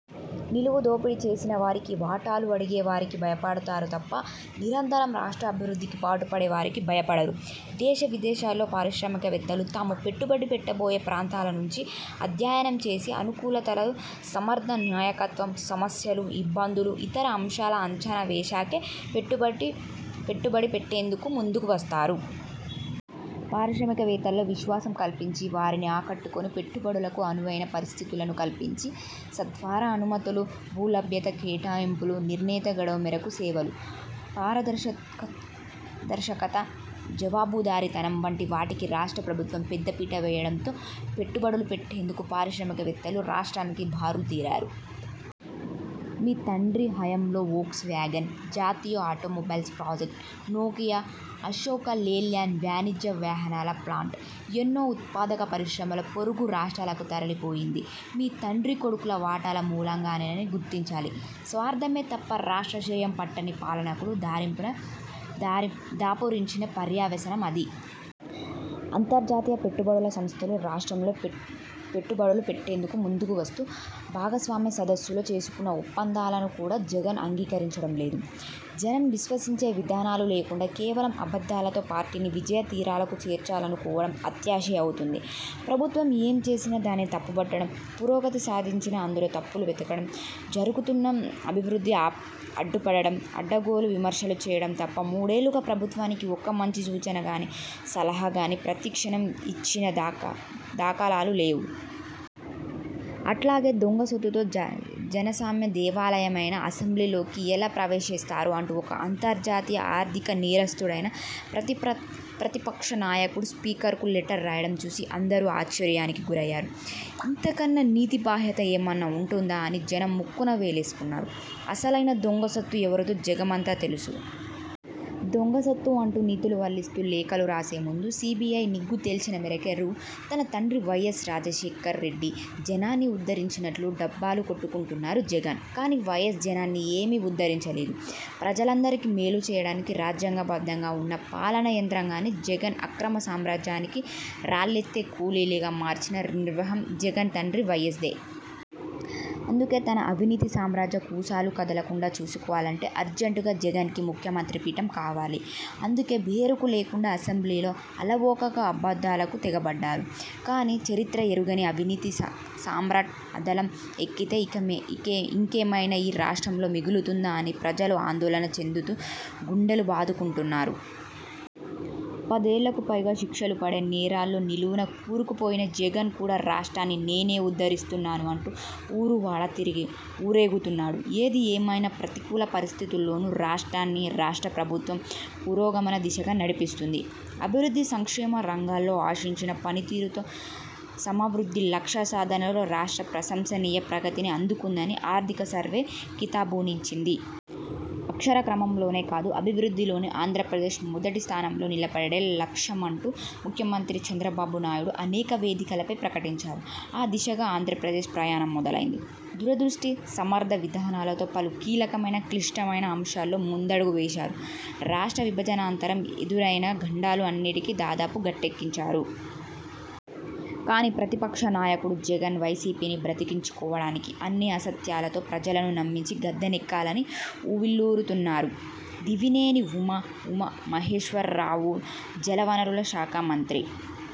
నిలువు దోపిడీ చేసిన వారికి, వాటాలు అడిగే వారికి భయపడుతారు తప్ప నిరంతరం రాష్ట్రాభివృద్ధికి పాటుపడే వారికి భయపడరు. దేశ, విదేశాల్లో పారిశ్రామికవేత్తలు తాము పెట్టుబడి పెట్టబోయే ప్రాంతాల గురించి అధ్యయనం చేసి అనుకూలతలు, సమర్ధ నాయకత్వం, సమస్యలు, ఇబ్బందులు, ఇతర అంశాలు అంచనా వేశాకే పెట్టుబడి పెట్టేందుకు ముందుకు వస్తారు. పారిశ్రామికవేత్తల్లో విశ్వాసం కల్పించి వారిని ఆకట్టుకొని పెట్టుబడులకు అనువైన పరిస్థితులను కల్పించి సత్వర అనుమతులు, భూ లభ్యత, కేటాయింపులు నిర్ణీత గడువు మేరకు సేవలు, పారదర్శకత, జవాబుదారీతనం వంటి వాటికి రాష్ట్ర ప్రభుత్వం పెద్ద పీట వేయటంతో పెట్టుబడులు పెట్టేందుకు పారిశ్రామికవేత్తలు రాష్ట్రానికి బారులు తీరారు. మీ తండ్రి హయాంలో ఓక్స్ వ్యాగన్, జాతీయ automobile project, Nokia, Ashok Leyland వాణిజ్య వాహనాల ప్లాంట్, ఎన్నో ఉత్పాదక పరిశ్రమలు పొరుగు రాష్ట్రాలకు తరలిపోయింది మీ తండ్రి కొడుకుల వాటాల మూలంగానేనని గుర్తించాలి. స్వార్థమే తప్ప రాష్ట్ర శ్రేయం పట్టని పాలనకు దాపురించిన పర్యవసానం అది. అంతర్జాతీయ పెట్టుబడుల సంస్థలు రాష్ట్రంలో పెట్టుబడులు పెట్టేందుకు ముందుకు వస్తూ భాగస్వామ్య సదస్సులో చేసుకున్న ఒప్పందాలను కూడా జగన్ అంగీకరించడం లేదు. జనం విశ్వసించే విధానాలు లేకుండా కేవలం అబద్ధాలతో పార్టీని విజయ తీరాలకు చేర్చాలనుకోవడం అత్యాశే అవుతుంది. ప్రభుత్వం ఏం చేసినా దానిని తప్పుబట్టడం, పురోగతి సాధించినా అందులో తప్పులు వెతకడం, జరుగుతున్న అభివృద్ధికి అడ్డుపడటం, అడ్డగోలు విమర్శలు చేయడం తప్ప మూడేళ్లుగా ప్రభుత్వానికి ఒక్క మంచి సూచనగానీ, సలహా గానీ ప్రతిపక్షం ఇచ్చిన దాఖలాలు లేవు. అట్లాగే దొంగ సొత్తుతో జనస్వామ్య దేవాలయమైన అసెంబ్లీలోకి ఎలా ప్రవేశిస్తారు అంటూ ఒక అంతర్జాతీయ ఆర్థిక నేరస్థుడైన ప్రతిపక్ష నాయకుడు స్పీకర్కు లెటర్ రాయటం చూసి అందరూ ఆశ్చర్యానికి గురయ్యారు. ఇంతకన్నా నీతిబాహ్యత ఏమన్నా వుంటుందా అని జనం ముక్కున వేలేసుకున్నారు. అసలైన దొంగసొత్తు ఎవరిదో జగమంతా తెలుసు. దొంగసొత్తు అంటూ నీతులు వల్లిస్తూ లేఖలు రాసే ముందు సీబీఐ నిగ్గు తేల్చిన మేరకే రూ. తన తండ్రి వైఎస్ రాజశేఖర్ రెడ్డి జనాన్ని ఉద్ధరించినట్లు డబ్బాలు కొట్టుకుంటున్నారు జగన్. కానీ వైఎస్ జనాన్ని ఏమి ఉద్ధరించలేదు. ప్రజలందరికి మేలు చేయడానికి రాజ్యాంగబద్ధంగా వున్న పాలనా యంత్రాంగాన్ని జగన్ అక్రమ సామ్రాజ్యానికి రాళ్లేత్తే కూలీలుగా మార్చిన నిర్వాకం జగన్ తండ్రి వైఎస్ది. అందుకే తన అవినీతి సామ్రాజ్యం కూసాలు కదలకుండా చూసుకోవాలంటే అర్జెంటుగా జగన్కి ముఖ్యమంత్రి పీఠం కావాలి. అందుకే బెరుకు లేకుండా అసెంబ్లీలో అలవోకగా అబద్ధాలకు తెగబడ్డారు. కానీ చరిత్ర ఎరుగని అవినీతి సామ్రాట్ అందలం ఎక్కితే ఇంకేమైనా ఈ రాష్ట్రంలో మిగులుతుందా అని ప్రజలు ఆందోళన చెందుతూ గుండెలు బాదుకుంటున్నారు. పదేళ్లకు పైగా శిక్షలు పడే నేరాల్లో నిలువునా కూరుకుపోయిన జగన్ కూడా రాష్ట్రాన్ని నేనే ఉద్ధరిస్తాను అంటూ ఊరూ, వాడా ఊరేగుతున్నాడు. ఏది ఏమైనా ప్రతికూల పరిస్థితుల్లోనూ రాష్ట్రాన్ని రాష్ట్ర ప్రభుత్వం పురోగమన దిశగా నడిపిస్తుంది. అభివృద్ధి సంక్షేమ రంగాల్లో ఆశించిన పనితీరుతో సమవృద్ధి లక్ష్య సాధనలో రాష్ట్రం ప్రశంసనీయ ప్రగతిని అందుకుందని ఆర్థిక సర్వే కితాబునిచ్చింది. అక్షర క్రమంలోనే కాదు అభివృద్ధిలోను ఆంధ్రప్రదేశ్ మొదటి స్థానంలో నిలపటమే లక్ష్యమంటూ ముఖ్యమంత్రి చంద్రబాబు నాయుడు అనేక వేదికలపై ప్రకటించారు. ఆ దిశగా ఆంధ్రప్రదేశ్ ప్రయాణం మొదలైంది. దూరదృష్టి, సమర్థ విధానాలతో పలు కీలకమైన, క్లిష్టమైన అంశాల్లో ముందడుగు వేశారు. రాష్ట్ర విభజనానంతరం ఎదురైన గండాలు అన్నిటినీ దాదాపు గట్టెక్కించారు. కానీ ప్రతిపక్ష నాయకుడు జగన్ వైసీపీని బతికించుకోడానికి అన్ని అసత్యాలతో ప్రజలను నమ్మించి గద్దెనెక్కాలని ఉవ్విళ్లూరుతున్నారు. దేవినేని ఉమా మహేశ్వరరావు జల వనరుల శాఖ మంత్రి।